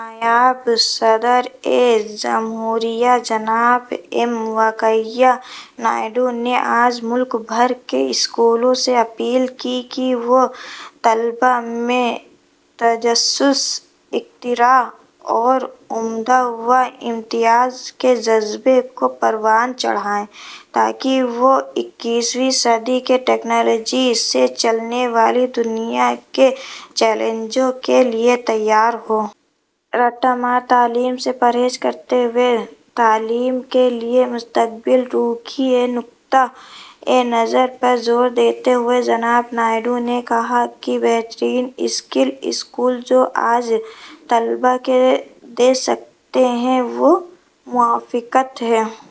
نائب صدر جمہوریہ جناب ایم وینکیا نائیڈو نے آج ملک بھر کے اسکولوں سے اپیل کی کہ وہ طلبہ میں تجسس، اختراع اور عمدگی و امتیاز کے جذبے کو پروان چڑھائیں، تاکہ وہ اکیسویں صدی کی ٹیکنالوجی سے چلنے والی دنیا کے چیلنجوں کے لیے تیار ہوں۔ رٹامار تعلیم سے پرہیز کرتے ہوئے تعلیم کے لیے مستقبل رخی کے نقطۂ نظر پر زور دیتے ہوئے، جناب نائیڈو نے کہا کہ ’’بہترین اسکل اسکول جو آج طلبہ کو دے سکتے ہیں، وہ موافقت ہے‘‘۔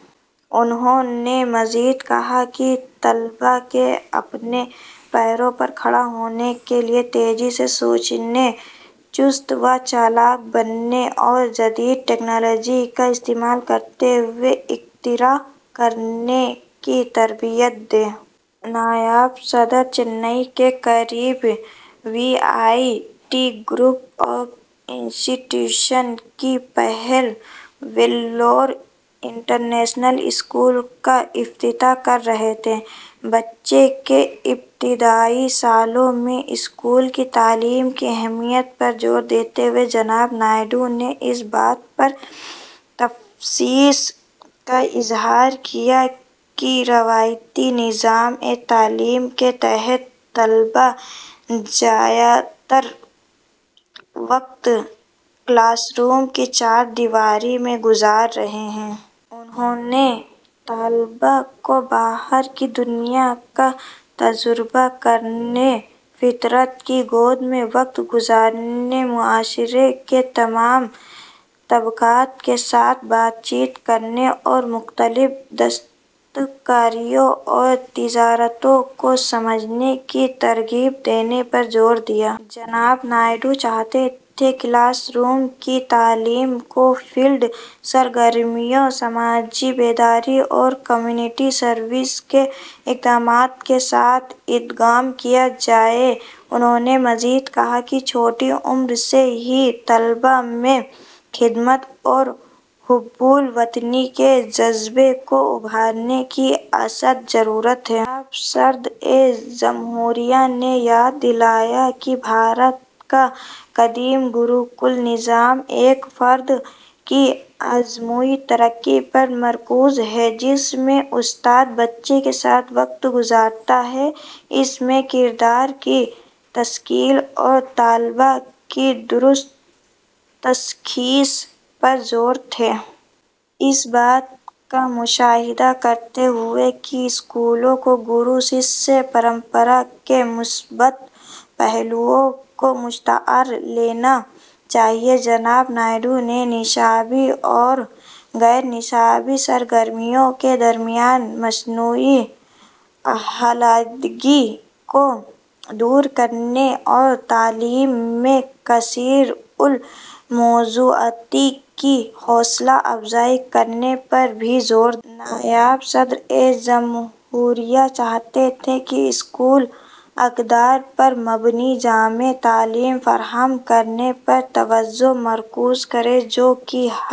انھوں نے مزید کہا کہ ’’طلباء کو اپنے پیروں پر کھڑا ہونے کے لیے تیزی سے سوچنے، چست و چالاک بننے اور جدید ٹیکنالوجی کا استعمال کرتے ہوئے اختراع کرنے کی تربیت دیں۔‘‘ نائب صدر چنئی کے قریب V I T group of institutions کی پہل ویلور انٹرنیشنل اسکول کا افتتاح کر رہے تھے۔ بچے کے ابتدائی سالوں میں اسکول کی تعلیم کی اہمیت پر زور دیتے ہوئے جناب نائیڈو نے اس بات پر تشویش کا اظہار کیا کہ روایتی نظامِ تعلیم کے تحت طلبہ زیادہ تر وقت کلاس روم کی چار دیواری میں گزار رہے ہیں۔ انھوں نے طلباء کو ’’باہر کی دنیا کا تجربہ کرنے، فطرت کی گود میں وقت گزارنے، معاشرے کے تمام طبقات کے ساتھ بات چیت کرنے، اور مختلف دستکاریوں اور تجارتوں کو سمجھنے‘‘ کی ترغیب دینے پر زور دیا۔ جناب نائیڈو چاہتے تھے کہ کلاس روم کی تعلیم کو فیلڈ سرگرمیوں، سماجی بیداری اور کمیونٹی سروس کے اقدامات کے ساتھ ضم کیا جائے۔ انھوں نے مزید کہا کہ چھوٹی عمر سے ہی طلباء میں خدمت اور حب الوطنی کے جذبے کو ابھارنے کی اشد ضرورت ہے۔ نائب صدر جمہوریہ نے یاد دلایا کہ بھارت کا قدیم گروکل نظام ایک فرد کی مجموعی ترقی پر مرکوز ہے، جس میں استاد بچے کے ساتھ وقت گزارتا ہے۔ اس میں کردار کی تشکیل اور طلباء کی درست تشخیص پر زور تھا۔ اس بات کا مشاہدہ کرتے ہوئے کہ اسکولوں کو ’گرو شیشیہ پرمپرا‘ کے مثبت پہلوؤں کو مستعار لینا چاہیے، جناب نائیڈو نے نصابی اور غیر نصابی سرگرمیوں کے درمیان مصنوعی علیحدگی کو دور کرنے اور تعلیم میں کثیر الموضوعاتی کی حوصلہ افزائی کرنے پر بھی زور دیا۔ نائب صدر جمہوریہ چاہتے تھے کہ اسکول اقدار پر مبنی، جامع تعلیم فراہم کرنے پر توجہ مرکوز کریں جو کہ ’’ہر...